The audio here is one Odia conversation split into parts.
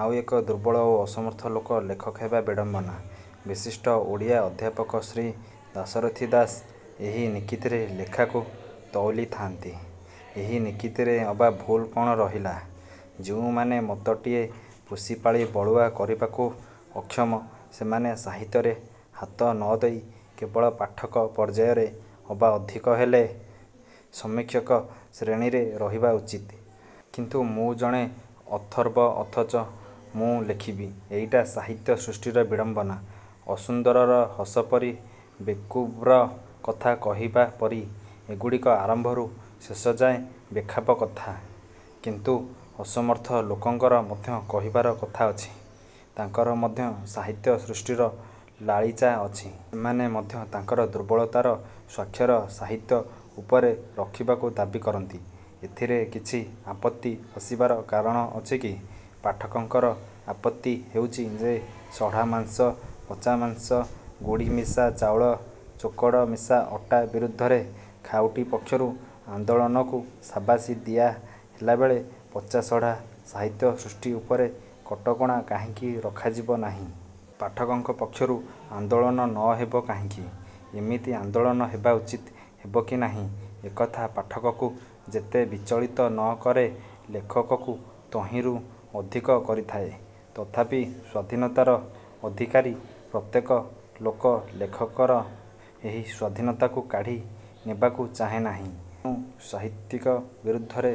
ଆଉ ଏହି ଦୁର୍ବଳ ଓ ଅସମର୍ଥ ଲୋକ ଲେଖକ ହେବା ବିଡ଼ମ୍ୱନା। ବିଶିଷ୍ଟ ଓଡ଼ିଆ ଅଧ୍ୟାପକ ଶ୍ରୀ ଦାଶରଥି ଦାସ ଏହି ନିକିତିରେ ଲେଖାକୁ ତଉଲିଥାନ୍ତି। ଏହି ନିକିତିରେ ଅବା ଭୁଲ କ'ଣ ରହିଲା? ଯେଉଁମାନେ ମତଟିଏ ପୋଷିପାଳି ବଳୁଆ କରିବାକୁ ଅକ୍ଷମ ସେମାନେ ସାହିତ୍ୟରେ ହାତ ନ ଦେଇ କେବଳ ପାଠକ ପର୍ଯ୍ୟାୟରେ ଅବା ଅଧିକ ହେଲେ, ସମୀକ୍ଷକ ଶ୍ରେଣୀରେ ରହିବା ଉଚିତ୍। କିନ୍ତୁ ମୁଁ ଜଣେ ଅଥର୍ବ ଅଥଚ ମୁଁ ଲେଖିବି-ଏଇଟା ସାହିତ୍ୟ ସୃଷ୍ଟିର ବିଡ଼ମ୍ୱନା। ଅସୁନ୍ଦରର ହସ ପରି। ବେକୁବ୍ର କଥା କହିବା ପରି-ଏଗୁଡ଼ିକ ଆରମ୍ଭରୁ ଶେଷଯାଏ ବେଖାପ କଥା। କିନ୍ତୁ ଅସମର୍ଥ ଲୋକଙ୍କର ମଧ୍ୟ କହିବାର କଥା ଅଛି। ତାଙ୍କର ମଧ୍ୟ ସାହିତ୍ୟ ସୃଷ୍ଟିର ଲାଳିଚା ଅଛି। ସେମାନେ ମଧ୍ୟ ତାଙ୍କର ଦୁର୍ବଳତାର ସ୍ୱାକ୍ଷର ସାହିତ୍ୟ ଉପରେ ରଖିବାକୁ ଦାବୀ କରନ୍ତି। ଏଥିରେ କିଛି ଆପତ୍ତି ଆସିବାର କାରଣ ଅଛି କି? ପାଠକଙ୍କର ଆପତ୍ତି ହେଉଛି ଯେ ସଢ଼ା ମାଂସ, ପଚା ମାଛ, ଗୋଡ଼ିମିଶା ଚାଉଳ, ଚୋକଡ଼ ମିଶା ଅଟା ବିରୁଦ୍ଧରେ ଖାଉଟି ପକ୍ଷରୁ ଆନ୍ଦୋଳନକୁ ସାବାସି ଦିଆ ହେଲାବେଳେ ପଚାସଢ଼ା ସାହିତ୍ୟ ସୃଷ୍ଟି ଉପରେ କଟକଣା କାହିଁକି ରଖାଯିବ ନାହିଁ? ପାଠକଙ୍କ ପକ୍ଷରୁ ଆନ୍ଦୋଳନ ନ ହେବ କାହିଁକି? ଏମିତି ଆନ୍ଦୋଳନ ହେବା ଉଚିତ୍ ହେବ କି ନାହିଁ-ଏକଥା ପାଠକକୁ ଯେତେ ବିଚଳିତ ନ କରେ ଲେଖକକୁ ତହିଁରୁ ଅଧିକ କରିଥାଏ। ତଥାପି ସ୍ୱାଧୀନତାର ଅଧିକାରି ପ୍ରତ୍ୟେକ ଲୋକ ଲେଖକର ଏହି ସ୍ୱାଧୀନତାକୁ କାଢ଼ି ନେବାକୁ ଚାହେଁ ନାହିଁ। ତେଣୁ ସାହିତ୍ୟିକ ବିରୁଦ୍ଧରେ।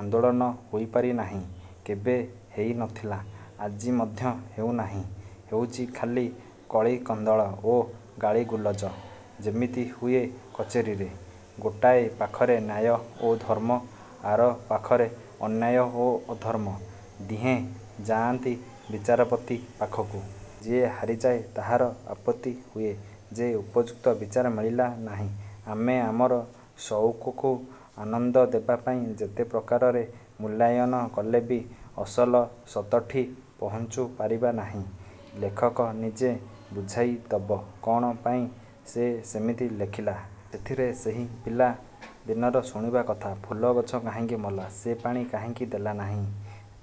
ଆନ୍ଦୋଳନ ହେଇପାରି ନାହିଁ। କେବେ ହେଇ ନ ଥିଲା-ଆଜି ମଧ୍ୟ ହେଉ ନାହିଁ। ହେଉଛି ଖାଲି କଳିକନ୍ଦଳ ଓ ଗାଳିଗୁଲଜ-ଯେମିତି ହୁଏ କଚେରୀରେ। ଗୋଟାଏ ପାଖରେ ନ୍ୟାୟ ଓ ଧର୍ମ। ଆର ପାଖରେ ଅନ୍ୟାୟ ଓ ଅଧର୍ମ। ଦିହେଁ ଯାଆନ୍ତି ବିଚାରପତି ପାଖକୁ-। ଯିଏ ହାରିଯାଏ ତାହାର ଆପତ୍ତି ହୁଏ ଯେ ଉପଯୁକ୍ତ ବିଚାର ମିଳିଲା ନାହିଁ। ଆମେ ଆମର ସଉକକୁ ଆନନ୍ଦ ଦେବା ପାଇଁ ଯେତେ ପ୍ରକାରରେ ମୂଲ୍ୟାୟନ କଲେ ବି ଅସଲ ସତଠି ପହୁଞ୍ଚି ପାରିବା ନାହିଁ। ଲେଖକ ନିଜେ ବୁଝାଇଦବ କ'ଣ ପାଇଁ ସେ ସେମିତି ଲେଖିଲା। ସେଥିରେ ସେହି ପିଲା ଦିନର ଶୁଣିବା କଥା- ଫୁଲ ଗଛ କାହିଁକି ମଲା? ସେ ପାଣି କାହିଁକି ଦେଲା ନାହିଁ?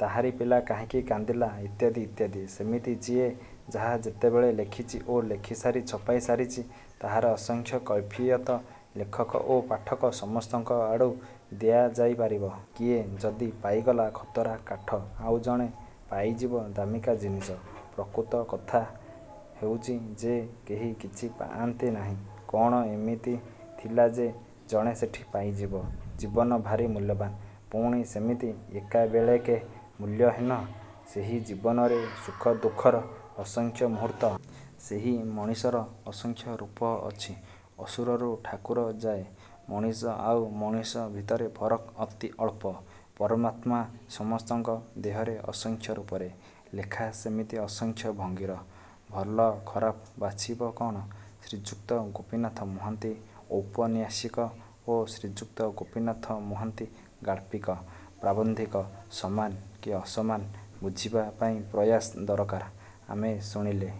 ତାହାରି ପିଲା କାହିଁକି କାନ୍ଦିଲା ଇତ୍ୟାଦି ଇତ୍ୟାଦି। ସେମିତି ଯିଏ ଯାହା ଯେତେବେଳେ ଲେଖିଛି ଓ ଲେଖିସାରି ଛପାଇ ସାରିଛି ତାହାର ଅସଂଖ୍ୟ କୈଫିୟତ ଲେଖକ ଓ ପାଠକ ସମସ୍ତଙ୍କ ଆଡ଼ୁ ଦିଆଯାଇ ପାରିବ। କିଏ ଯଦି ପାଇଗଲା ଖତରା କାଠ ଆଉ ଜଣେ ପାଇଯିବ ଦାମିକା ଜିନିସ। ପ୍ରକୃତ କଥା ହେଉଛି ଯେ କେହି କିଛି ପାଆନ୍ତି ନାହିଁ। କ'ଣ ଏମିତି ଥିଲା ଯେ ଜଣେ ସେଠି ପାଇଯିବ। ଜୀବନ ଭାରି ମୂଲ୍ୟବାନ୍-ପୁଣି ସେମିତି ଏକାବେଳେକେ ମୂଲ୍ୟହୀନ। ସେହି ଜୀବନରେ ସୁଖ ଦୁଃଖର ଅସଂଖ୍ୟ ମୂହୂର୍ତ୍ତ। ସେହି ମଣିଷର ଅସଂଖ୍ୟ ରୂପ ଅଛି-ଅସୁରରୁ ଠାକୁର ଯାଏ। ମଣିଷ ଆଉ ମଣିଷ ଭିତରେ ଫରକ୍ ଅତି ଅଳ୍ପ। ପରମାତ୍ମା ସମସ୍ତଙ୍କ ଦେହରେ ଅସଂଖ୍ୟ ରୂପରେ। ଲେଖା ସେମିତି ଅସଂଖ୍ୟ ଭଙ୍ଗୀର। ଭଲ ଖରାପ ବାଛିବ କ'ଣ? ଶ୍ରୀଯୁକ୍ତ ଗୋପୀନାଥ ମହାନ୍ତି ଔପନ୍ୟାସିକ ଓ ଶ୍ରୀଯୁକ୍ତ ଗୋପୀନାଥ ମହାନ୍ତି ଗାଳ୍ପିକ, ପ୍ରାବନ୍ଧିକ ସମାନ କି ଅସମାନ ବୁଝିବା ପାଇଁ ପ୍ରୟାସ ଦରକାର। ଆମେ ଶୁଣିଲେ